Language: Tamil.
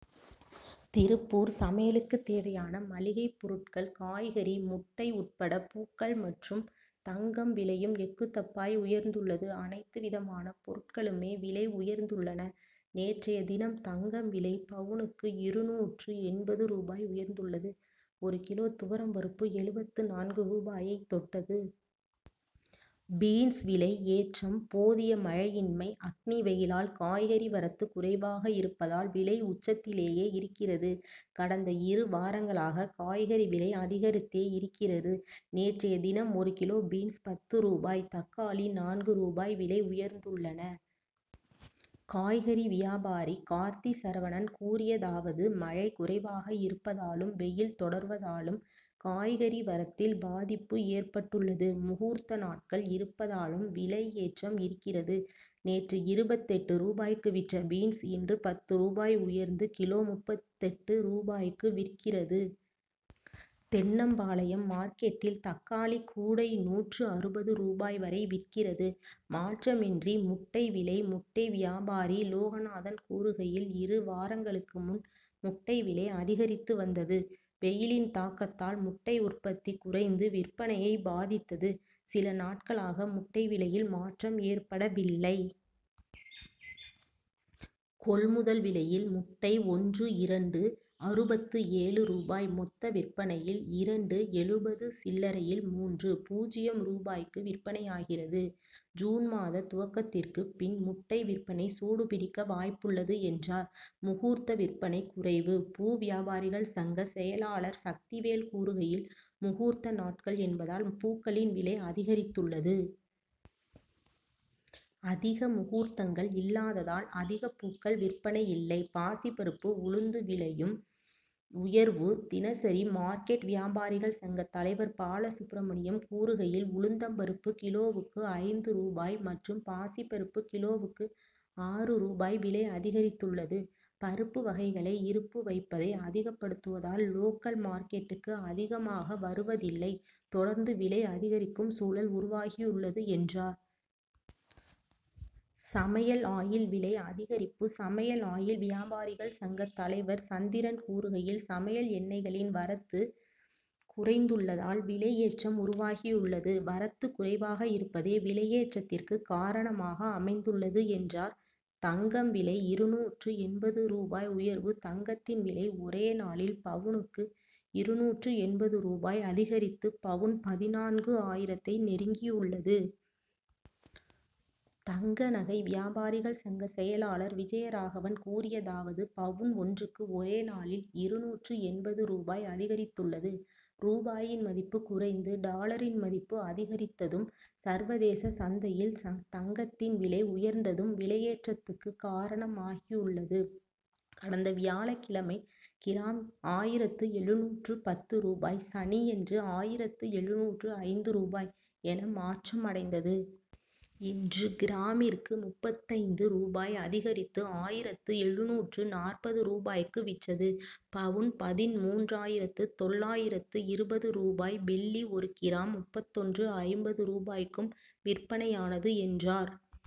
திருப்பூர் சமையலுக்கு தேவையான மளிகை பொருட்கள், காய்கறி, முட்டை உட்பட பூக்கள் மற்றும் தங்கம் விலையும் எக்குத்தப்பாய் உயர்ந்துள்ளது. அனைத்து விதமான பொருட்களுமே விலை உயர்ந் துள்ளன. நேற்றைய தினம் தங்கம் விலை பவுனுக்கு இருநூற்று எண்பது ரூபாய் உயர்ந்துள்ளது. ஒரு கிலோ துவரம் பருப்பு எழுபத்து நான்கு ரூபாயை தொட்டது. பீன்ஸ் விலை ஏற்றம் போதிய மழையின்மை, அக்னி வெயிலால் காய்கறி வரத்து குறைவாக இருப்பதால், விலை உச்சத்திலேயே இருக் கிறது. கடந்த இரு வாரங்களாக, காய்கறி விலை அதிகரித்தே இருக் கிறது. நேற்றைய தினம், ஒரு கிலோ பீன்ஸ் பத்து ரூபாய், தக்காளி நான்கு ரூபாய் விலை உயர்ந்துள்ளன. காய்கறி வியாபாரி கார்த்தி சரவணன் கூறியதாவது மழை குறைவாக இருப்பதாலும், வெயில் தொடர்வதாலும் காய்கறி வரத்தில் பாதிப்பு ஏற்பட்டுள்ளது. முகூர்த்த நாட்கள் இருப்பதாலும் விலை ஏற்றம் இருக்கிறது. நேற்று இருபத்தெட்டு ரூபாய்க்கு விற்ற பீன்ஸ், இன்று பத்து ரூபாய் உயர்ந்து, கிலோ முப்பத்தெட்டு ரூபாய்க்கு விற்கிறது. தென்னம்பாளையம் மார்க்கெட்டில் தக்காளி கூடை நூற்று அறுபது ரூபாய் வரை விற்கிறது. மாற்றமின்றி முட்டை விலை முட்டை வியாபாரி லோகநாதன் கூறுகையில், இரு வாரங்களுக்கு முன், முட்டை விலை அதிகரித்து வந்தது. வெயிலின் தாக்கத்தால் முட்டை உற்பத்தி குறைந்து, விற்பனையை பாதித்தது. சில நாட் களாக முட்டை விலையில் மாற்றம் ஏற்படவில்லை. கொள்முதல் விலையில் முட்டை ஒன்று இரண்டு.அறுபத்து ஏழு ரூபாய் மொத்த விற்பனையில் இரண்டு.எழுபது சில்ல ரையில் மூன்று.பூஜ்ஜியம் ரூபாய்க்கு விற்பனையாகிறது. ஜூன் மாத துவக்கத்திற்கு பின், முட்டை விற்பனை சூடுபிடிக்க வாய்ப்புள்ளது, என்றார். முகூர்த்த விற்பனை குறைவு பூ வியாபாரிகள் சங்க செயலாளர் சக்திவேல் கூறுகையில், முகூர்த்த நாட்கள் என்பதால் பூக்களின் விலை அதிகரித்துள்ளது. அதிக முகூர்த்தங் கள் இல்லாததால், அதிக பூக்கள் விற்பனை இல்லை. பாசிப்பருப்பு, உளுந்து விலையும் உயர்வு தினசரி மார்க்கெட் வியாபாரிகள் சங்க தலைவர் பாலசுப்ரமணியம் கூறுகையில், உளுந்தம் பருப்பு கிலோவுக்கு ஐந்து ரூபாய் மற்றும் பாசிப்பருப்பு கிலோவுக்கு ஆறு ரூபாய் விலை அதிகரித்துள்ளது. பருப்பு வகைகளை இருப்பு வைப்பதை அதிகப்படுத்துவதால், லோக்கல் மார்க்கெட்டுக்கு அதிகமாக வருவதில்லை தொடர்ந்து விலை அதிகரிக்கும் சூழல் உருவாகியுள்ளது, என்றார். சமையல் ஆயில் விலை அதிகரிப்பு சமையல் ஆயில் வியாபாரிகள் சங்க தலைவர் சந்திரன் கூறுகையில், சமையல் எண்ணெய்களின் வரத்து குறைந்துள்ளதால், விலை ஏற்றம் உருவாகியுள்ளது. வரத்து குறைவாக இருப்பதே, விலையேற்றத்திற்கு காரணமாக அமைந்துள்ளது, என்றார். தங்கம் விலை இருநூற்று எண்பது ரூபாய் உயர்வு தங்கத்தின் விலை ஒரே நாளில் பவுனுக்கு இருநூற்று எண்பது ரூபாய் அதிகரித்து, பவுன் பதினான்கு ஆயிரத்தை நெருங்கியுள்ளது. தங்க நகை வியாபாரிகள் சங்க செயலாளர் விஜயராகவன் கூறியதாவது பவுன் ஒன்றுக்கு ஒரே நாளில் இருநூற்று எண்பது ரூபாய் அதிகரித்துள்ளது. ரூபாயின் மதிப்பு குறைந்து டாலரின் மதிப்பு அதிகரித்ததும், சர்வதேச சந்தையில் தங்கத்தின் விலை உயர்ந்ததும் விலையேற்றத்துக்கு காரணமாகியுள்ளது. கடந்த வியாழக்கிழமை கிராம் ஆயிரத்து எழுநூற்று பத்து ரூபாய் சனியன்று ஆயிரத்து எழுநூற்று ஐந்து ரூபாய் என மாற்றம் அடைந்தது. இன்று கிராமிற்கு முப்பத்தைந்து ரூபாய் அதிகரித்து, ஆயிரத்து எழுநூற்று நாற்பது ரூபாய்க்கு விற்றது. பவுன் பதின்மூன்றாயிரத்து தொள்ளாயிரத்து இருபது ரூபாய் வெள்ளி ஒரு கிராம் முப்பத்தொன்று. ஐம்பது ரூபாய்க்கும் விற்பனையானது, என்றார்.